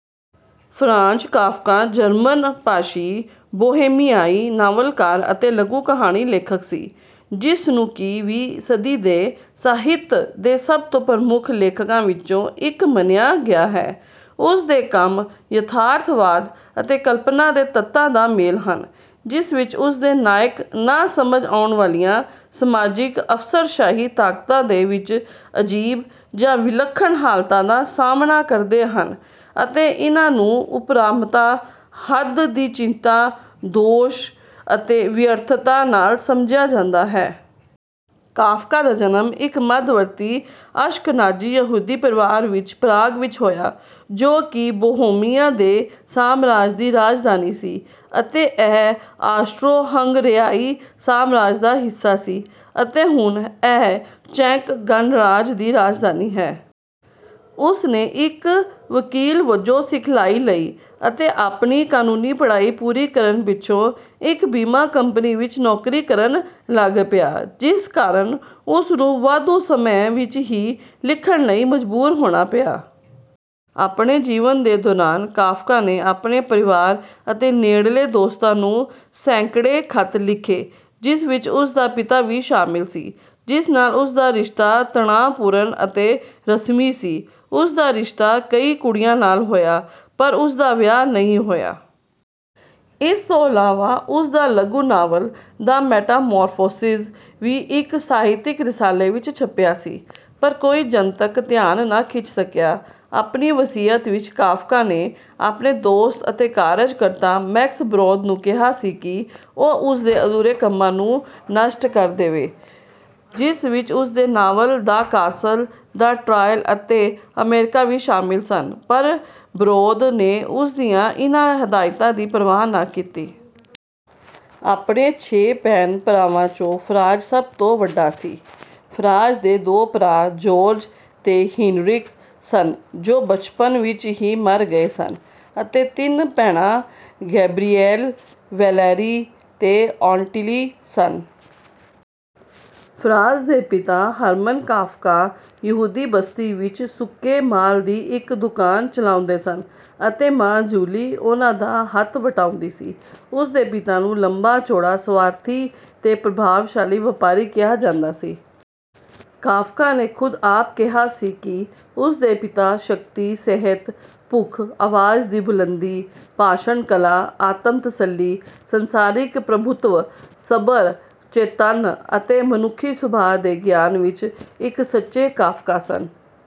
Franz Kafka German ਭਾਸ਼ੀ ਬੋਹੇਮੀਆਈ ਨਾਵਲਕਾਰ ਅਤੇ ਲਘੂ-ਕਹਾਣੀ ਲੇਖਕ ਸੀ, ਜਿਸਨੂੰ ਕਿ ਵੀ ਸਦੀ ਦੇ ਸਾਹਿਤ ਦੇ ਸਭ ਤੋਂ ਪ੍ਰਮੁੱਖ ਲੇਖਕਾਂ ਵਿੱਚੋਂ ਇੱਕ ਮੰਨਿਆ ਗਿਆ ਹੈ। ਉਸਦੇ ਕੰਮ ਯਥਾਰਥਵਾਦ ਅਤੇ ਕਲਪਨਾ ਦੇ ਤੱਤਾਂ ਦਾ ਮੇਲ ਹਨ, ਜਿਸ ਵਿੱਚ ਉਸਦੇ ਨਾਇਕ ਨਾ ਸਮਝ ਆਉਣ ਵਾਲੀਆਂ ਸਮਾਜਿਕ ਅਫ਼ਸਰਸ਼ਾਹੀ ਤਾਕਤਾਂ ਦੇ ਵਿੱਚ ਅਜੀਬ ਜਾਂ ਵਿਲੱਖਣ ਹਾਲਤਾਂ ਦਾ ਸਾਹਮਣਾ ਕਰਦੇ ਹਨ, ਅਤੇ ਇਨ੍ਹਾਂ ਨੂੰ ਉਪਰਾਮਤਾ, ਹੋਂਦ ਦੀ ਚਿੰਤਾ, ਦੋਸ਼ ਅਤੇ ਵਿਅਰਥਤਾ ਨਾਲ ਸਮਝਿਆ ਜਾਂਦਾ ਹੈ। ਕਾਫ਼ਕਾ ਦਾ ਜਨਮ ਇੱਕ ਮੱਧਵਰਤੀ ਅਸ਼ਕਨਾਜ਼ੀ ਯਹੂਦੀ ਪਰਿਵਾਰ ਵਿੱਚ ਪਰਾਗ ਵਿੱਚ ਹੋਇਆ ਜੋ ਕਿ ਬੋਹੇਮੀਆ ਦੇ ਸਾਮਰਾਜ ਦੀ ਰਾਜਧਾਨੀ ਸੀ ਅਤੇ ਇਹ ਆਸਟ੍ਰੋ-ਹੰਗਰੇਆਈ ਸਾਮਰਾਜ ਦਾ ਹਿੱਸਾ ਸੀ, ਅਤੇ ਹੁਣ ਇਹ ਚੈੱਕ ਗਣਰਾਜ ਦੀ ਰਾਜਧਾਨੀ ਹੈ। ਉਸਨੇ ਇੱਕ ਵਕੀਲ ਵੱਜੋਂ ਸਿਖਲਾਈ ਲਈ ਅਤੇ ਆਪਣੀ ਕਾਨੂੰਨੀ ਪੜ੍ਹਾਈ ਪੂਰੀ ਕਰਨ ਪਿੱਛੋਂ ਇੱਕ ਬੀਮਾ ਕੰਪਨੀ ਵਿੱਚ ਨੌਕਰੀ ਕਰਨ ਲੱਗ ਪਿਆ, ਜਿਸ ਕਾਰਨ ਉਸਨੂੰ ਵਾਧੂ ਸਮੇਂ ਵਿੱਚ ਹੀ ਲਿਖਣ ਲਈ ਮਜਬੂਰ ਹੋਣਾ ਪਿਆ। ਆਪਣੇ ਜੀਵਨ ਦੇ ਦੌਰਾਨ ਕਾਫ਼ਕਾ ਨੇ ਆਪਣੇ ਪਰਿਵਾਰ ਅਤੇ ਨੇੜਲੇ ਦੋਸਤਾਂ ਨੂੰ ਸੈਂਕੜੇ ਖ਼ਤ ਲਿਖੇ, ਜਿਸ ਵਿੱਚ ਉਸਦਾ ਪਿਤਾ ਵੀ ਸ਼ਾਮਿਲ ਸੀ, ਜਿਸ ਨਾਲ ਉਸਦਾ ਰਿਸ਼ਤਾ ਤਣਾਅਪੂਰਨ ਅਤੇ ਰਸਮੀ ਸੀ। ਉਸਦਾ ਰਿਸ਼ਤਾ ਕਈ ਕੁੜੀਆਂ ਨਾਲ ਹੋਇਆ ਪਰ ਉਸਦਾ ਵਿਆਹ ਨਹੀਂ ਹੋਇਆ। ਇਸ ਤੋਂ ਇਲਾਵਾ ਉਸਦਾ ਲਘੂ-ਨਾਵਲ ਦ ਮੈਟਾਮੌਰਫੋਸਿਸ ਵੀ ਇੱਕ ਸਾਹਿਤਿਕ ਰਸਾਲੇ ਵਿੱਚ ਛਪਿਆ ਸੀ, ਪਰ ਕੋਈ ਜਨਤਕ ਧਿਆਨ ਨਾ ਖਿੱਚ ਸਕਿਆ। ਆਪਣੀ ਵਸੀਅਤ ਵਿੱਚ ਕਾਫ਼ਕਾ ਨੇ ਆਪਣੇ ਦੋਸਤ ਅਤੇ ਕਾਰਜ-ਕਰਤਾ ਮੈਕਸ ਬਰੌਦ ਨੂੰ ਕਿਹਾ ਸੀ ਕਿ ਉਹ ਉਸਦੇ ਅਧੂਰੇ ਕੰਮਾਂ ਨੂੰ ਨਸ਼ਟ ਕਰ ਦੇਵੇ, ਜਿਸ ਵਿੱਚ ਉਸਦੇ novel The Castle, The Trial ਅਤੇ ਅਮੇਰਿਕਾ ਵੀ ਸ਼ਾਮਿਲ ਸਨ, ਪਰ ਬਰੌਦ ਨੇ ਉਸਦੀਆਂ ਇਨ੍ਹਾਂ ਹਦਾਇਤਾਂ ਦੀ ਪਰਵਾਹ ਨਾ ਕੀਤੀ। ਆਪਣੇ ਛੇ ਭੈਣ-ਭਰਾਵਾਂ 'ਚੋਂ ਫ਼ਰਾਂਜ਼ ਸਭ ਤੋਂ ਵੱਡਾ ਸੀ। ਫ਼ਰਾਂਜ਼ ਦੇ ਦੋ ਭਰਾ ਜੌਰਜ ਤੇ ਹੀਨਰਿਕ ਸਨ ਜੋ ਬਚਪਨ ਵਿੱਚ ਹੀ ਮਰ ਗਏ ਸਨ ਅਤੇ ਤਿੰਨ ਭੈਣਾਂ ਗੈਬਰੀਐਲ, ਵੈਲੇਰੀ ਤੇ ਔਟਿਲੀ ਸਨ। ਫ਼ਰਾਂਜ਼ ਦੇ ਪਿਤਾ, ਹਰਮਨ ਕਾਫ਼ਕਾ ਯਹੂਦੀ ਬਸਤੀ ਵਿੱਚ ਸੁੱਕੇ ਮਾਲ ਦੀ ਇੱਕ ਦੁਕਾਨ ਚਲਾਉਂਦੇ ਸਨ ਅਤੇ ਮਾਂ, ਜੂਲੀ ਉਹਨਾਂ ਦਾ ਹੱਥ ਵਟਾਉਂਦੀ ਸੀ। ਉਸ ਦੇ ਪਿਤਾ ਨੂੰ ਲੰਬਾ-ਚੌੜਾ, ਸਵਾਰਥੀ ਤੇ ਪ੍ਰਭਾਵਸ਼ਾਲੀ ਵਪਾਰੀ ਕਿਹਾ ਜਾਂਦਾ ਸੀ। ਕਾਫ਼ਕਾ ਨੇ ਖੁਦ ਆਪ ਕਿਹਾ ਸੀ ਕਿ ਉਸ ਦੇ ਪਿਤਾ ਸ਼ਕਤੀ, ਸਿਹਤ, ਭੁੱਖ, ਅਵਾਜ਼ ਦੀ ਬੁਲੰਦੀ, ਭਾਸ਼ਣ ਕਲਾ, ਆਤਮ-ਤਸੱਲੀ, ਸੰਸਾਰਿਕ ਪ੍ਰਭੁਤਵ, ਸਬਰ, ਚੇਤੰਨ ਅਤੇ ਮਨੁੱਖੀ ਸੁਭਾਅ ਦੇ ਗਿਆਨ ਵਿੱਚ ਇੱਕ ਸੱਚੇ ਕਾਫ਼ਕਾ ਸਨ।